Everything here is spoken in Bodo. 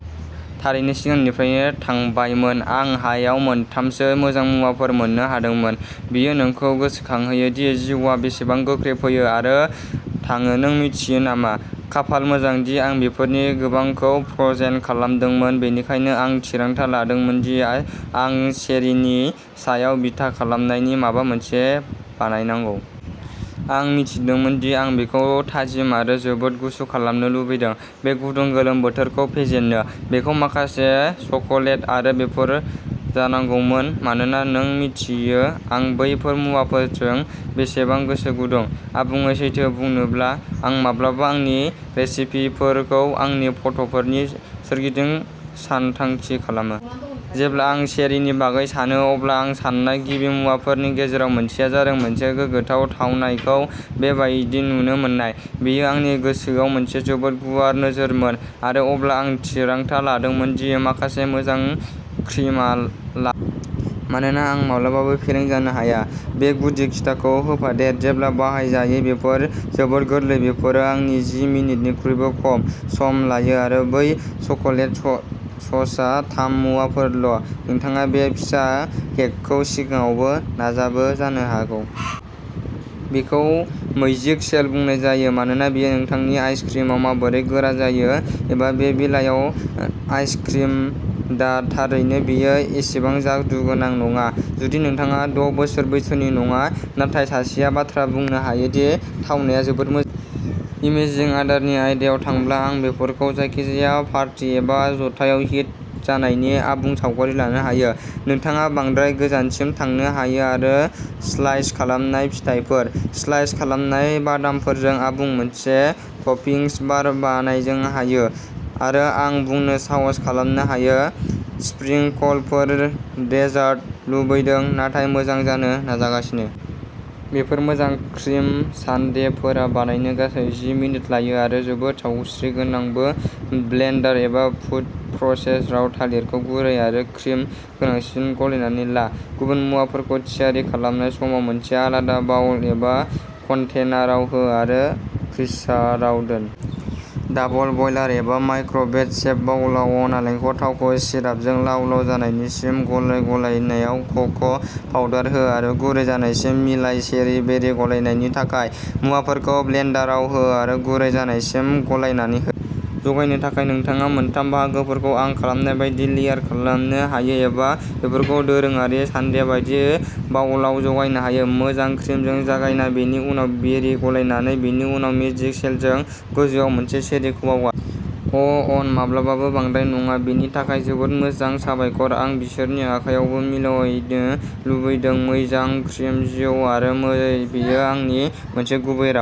थारैनो सिगांनिफ्रायनो थांबायमोन। आं हायाव मोनथामसो मोजां मुवाफोर मोननो हादोंमोन। बेयो नोंखौ गोसोखांहोयो दि जिउआ बेसेबां गोख्रै फैयो आरो थाङो, नों मिथियो नामा? खाफाल मोजां दि आं बेफोरनि गोबांखौ फ्र'जेन खालामदोंमोन, बेनिखायनो आं थिरांथा लादोंमोन दि आं चेरीनि सायाव बिथा खालामनानै माबा मोनसे बानायनांगौ। आं मिथिदोंमोन दि आं बेखौ थाजिम आरो जोबोद गुसु खालामनो लुबैदों, बे गुदुं गोलोम बोथोरखौ फेजेननो। बेखौ माखासे चकलेट आरो बेरिफोर जानांगौमोन मानोना नों मिन्थियो आं बैफोर मुवाफोरजों बेसेबां गोसो गुदुं। आबुङै सैथो बुंनोब्ला, आं माब्लाबा आंनि रेसिपिफोरखौ आंनि फट'फोरनि सोरगिदिं सानथांखि खालामो। जेब्ला आं चेरीनि बागै सानो, अब्ला आं सान्नाय गिबि मुवाफोरनि गेजेराव मोनसेआ जादों मोनसे गोग्गाथाव थावनायखौ बे बायदि नुनो मोन्नाय। बेयो आंनि गोसोआव मोनसे जोबोद गुवार नोजोरमोन आरो अब्ला आं थिरांथा लादोंमोन दि माखासे मोजां क्रिमआ लामा। मानोना आं माब्लाबाबो फेलें जानो हाया। बे गुदि खिथाखौ होफादेर, जेब्ला बाहायजायो, बेफोर जोबोद गोरलै बेफोरो आंनो जि मिनिटनिख्रुइबो खम सम लायो आरो बै चकलेट ससआ थाम-मुवाफोरल'। नोंथाङा बे फिसा हेकखौ सिगाङावबो नाजाबो जानो हागौ। बेखौ मैजिक शेल बुंनाय जायो मानोना बेयो नोंथांनि आइसक्रिमाव माबोरै गोरा जायो, एबा बे बेलायाव नाइस क्रिम। दा थारैनो बेयो एसेबां जादुगोनां नङा जुदि नोंथाङा द' बोसोर बैसोनि नङा, नाथाय सासेया बाथ्रा बुंनो हायो दि थावनाया जोबोद मोजां। इमेजिं आदारनि आयदायाव थांब्ला, आं बेफोरखौ जायखिजाया पार्टी एबा जथायाव हिट जानायनि आबुं सावगारि लानो हायो। नोंथाङा बांद्राय गोजानसिम थांनो हायो आरो स्लाइस खालामनाय फिथाइफोर, स्लाइस खालामनाय बादामफोरजों आबुं मोनसे टपिंस बार बानायनो हायो, आरो आं बुंनो साहास खालामनो हायो स्प्रिंकलफोर डेजार्ट लुबैदों, नाथाय मोजां जानो नाजागासिनो? बेफोर मोजां क्रिम सानडेफोरा बानायनो गासै जि मिनिट लायो आरो जोबोद सावस्रिगोनांबो। ब्लेन्डार एबा फुड प्रसेसराव, थालिरखौ गुरै आरो क्रिम गोनांसिम गलायनानै ला। गुबुन मुवाफोरखौ थियारि खालामनाय समाव मोनसे आलादा बाउल एबा कन्टेनाराव हो आरो फ्रिजाराव दोन। डाबल बयलार एबा माइक्र'वेभ सेफ बाउलआव, नालेंखर थावखौ सिरापजों लाव-लाव जानायसिम गलाइ। गलायनायाव क' क' पाउडार हो आरो गुरै जानायसिम मिलाइ चेरि बेरि गलायनायनि थाखाय, मुवाफोरखौ ब्लेन्डाराव हो आरो गुरै जानायसिम गलायनानै हो। जगायनो थाखाय नोंथाङा मोनथाम बाहागोफोरखौ आं खालामनाय बायदि लेयार खालामनो हायो एबा बेफोरखौ दोरोङारि सानडे बायदि बाउलआव जगायनो हायो, मोजां क्रिमजों जागायना, बेनि उनाव बेरि गलायनानै, बेनि उनाव मेजिक सेलजों। गोजौआव मोनसे चेरीखौ बावगार। अ' अन, माब्लाबाबो बांद्राय नङा। बेनि थाखाय जोबोद जोबोद साबायखर। आं बिसोरनि आखायखौबो मिलायनो लुबैदों मोजां क्रिम जिउ, आरो बेयो आंनि मोनसे गुबै मुवा।